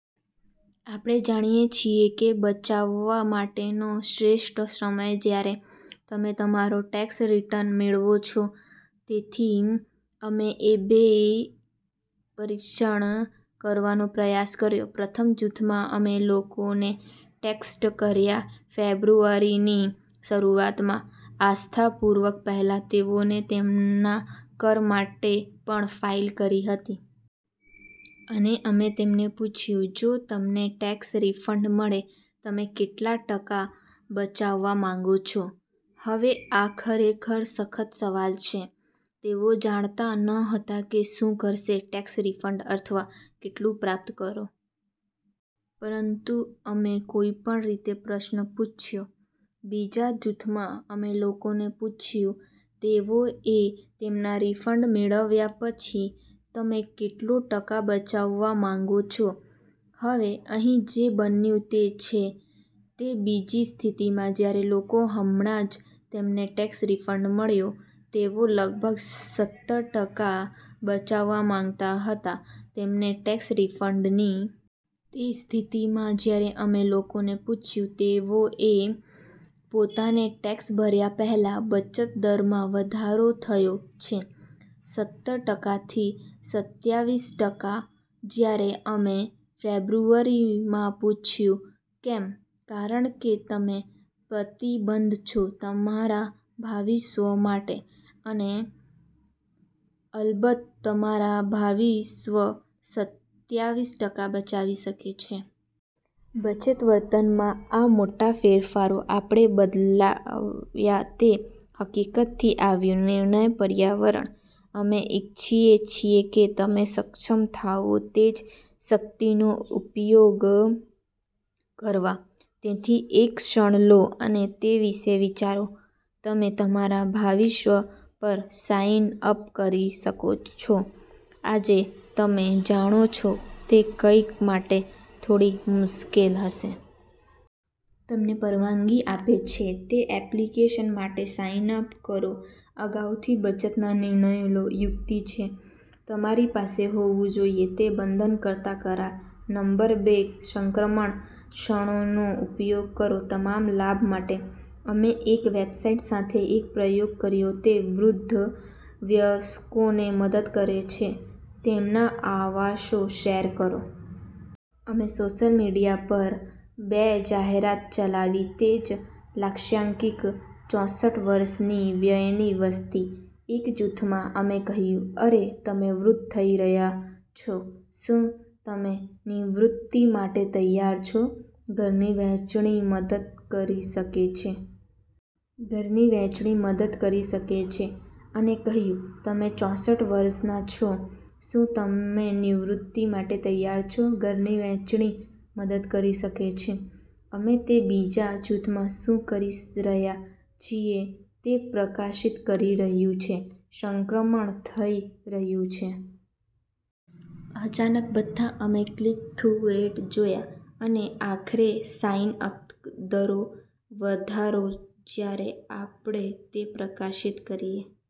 આપણે જાણીએ છીએ કે બચાવવા માટેનો શ્રેષ્ઠ સમયજ્યારે તમે તમારો ટેક્સ રીટર્ન મેળવો છો. તેથી અમે એ બી પરીક્ષણ કરવાનો પ્રયાસ કર્યો. પ્રથમ જૂથમાં, અમે લોકોને ટેક્સ્ટ કર્યાં ફેબ્રુઆરીની શરૂઆતમાં, આસ્થાપૂર્વક પહેલાં તેઓએ તેમના કર માટે પણ ફાઇલ કરી હતી. અને અમે તેમને પૂછ્યું, "જો તમને ટેક્સ રિફંડ મળે, તમે કેટલો ટકા બચાવવા માંગો છો? " હવે આ ખરેખર સખત સવાલ છે. તેઓ જાણતા ન હતા કે શું કરશે ટેક્સ રિફંડ અથવા કેટલું પ્રાપ્ત કરો. પરંતુ અમે કોઈપણ રીતે પ્રશ્ન પૂછ્યો. બીજા જૂથમાં, અમે લોકોને પૂછ્યું તેઓએ તેમના રિફંડ મેળવ્યા પછી, "તમે કેટલો ટકા બચાવવા માંગો છો? " હવે, અહીં જે બન્યું તે છે. તે બીજી સ્થિતિમાં, જ્યારે લોકો હમણાં જ તેમનો ટેક્સ રિફંડ મળ્યો, તેઓ લગભગ સતર ટકા બચાવવા માંગતા હતા તેમના ટેક્સ રિફંડની. તે સ્થિતિમાં જ્યારે અમે લોકોને પૂછ્યું તેઓએ પોતાનો ટેક્સ ભર્યા પહેલા, બચત દરમાં વધારો થયો છે સતર ટકાથી સત્યાવીસ ટકા જ્યારે અમે ફેબ્રુઆરીમાં પૂછ્યું. કેમ? કારણ કે તમે પ્રતિબદ્ધ છો તમારા ભાવિ સ્વ માટે, અને અલબત્ત તમારા ભાવિ સ્વ સત્યાવીસ ટકા બચાવી શકે છે. બચત વર્તનમાં આ મોટા ફેરફારો આપણે બદલાયા તે હકીકતથી આવ્યું નિર્ણય પર્યાવરણ. અમે ઇચ્છીએ છીએ કે તમે સક્ષમ થાઓ તે જ શક્તિનો ઉપયોગ કરવા. તેથી એક ક્ષણ લો અને તે વિશે વિચારો તમે તમારા ભાવિ સ્વ પર સાઇન અપ કરી શકો છો આજે તમે જાણો છો તે કંઈક માટે થોડી મુશ્કેલ હશે. તમને પરવાનગી આપે છે તે એપ્લિકેશન માટે સાઇન અપ કરોઅગાઉથી બચતનાં નિર્ણયો લો. યુક્તિ છે, તમારી પાસે હોવું જોઈએ તે બંધનકર્તા કરાર. નંબર બે: સંક્રમણ ક્ષણોનો ઉપયોગ કરો તમારા લાભ માટે. અમે એક વેબસાઇટ સાથે એક પ્રયોગ કર્યો તે વૃદ્ધ વયસ્કોને મદદ કરે છે તેમના આવાસો શેર કરો. અમે સોશિયલ મીડિયા પર બે જાહેરાત ચલાવી તે જ લક્ષ્યાંકિત ચોસઠ વર્ષની વયની વસ્તી. એક જૂથમાં, અમે કહ્યું, "અરે, તમે વૃદ્ધ થઈ રહ્યા છો. શું તમે નિવૃત્તિ માટે તૈયાર છો? ઘરની વહેંચણી મદદ કરી શકે છે. " ઘરની વહેંચણી મદદ કરી શકે છે. " અને કહ્યું, "તમે ચોસઠ વર્ષના છો. શું તમે નિવૃત્તિ માટે તૈયાર છો? ઘરની વહેંચણી મદદ કરી શકે છે. " અમે તે બીજા જૂથમાં શું કરી રહ્યા છીએ તે પ્રકાશિત કરી રહ્યું છે સંક્રમણ થઈ રહ્યું છે. અચાનક બધા અમે ક્લિક-થ્રુ રેટ જોયા, અને આખરે સાઇન અપ દરો, વધારો જ્યારે આપણે તે પ્રકાશિત કરીએ.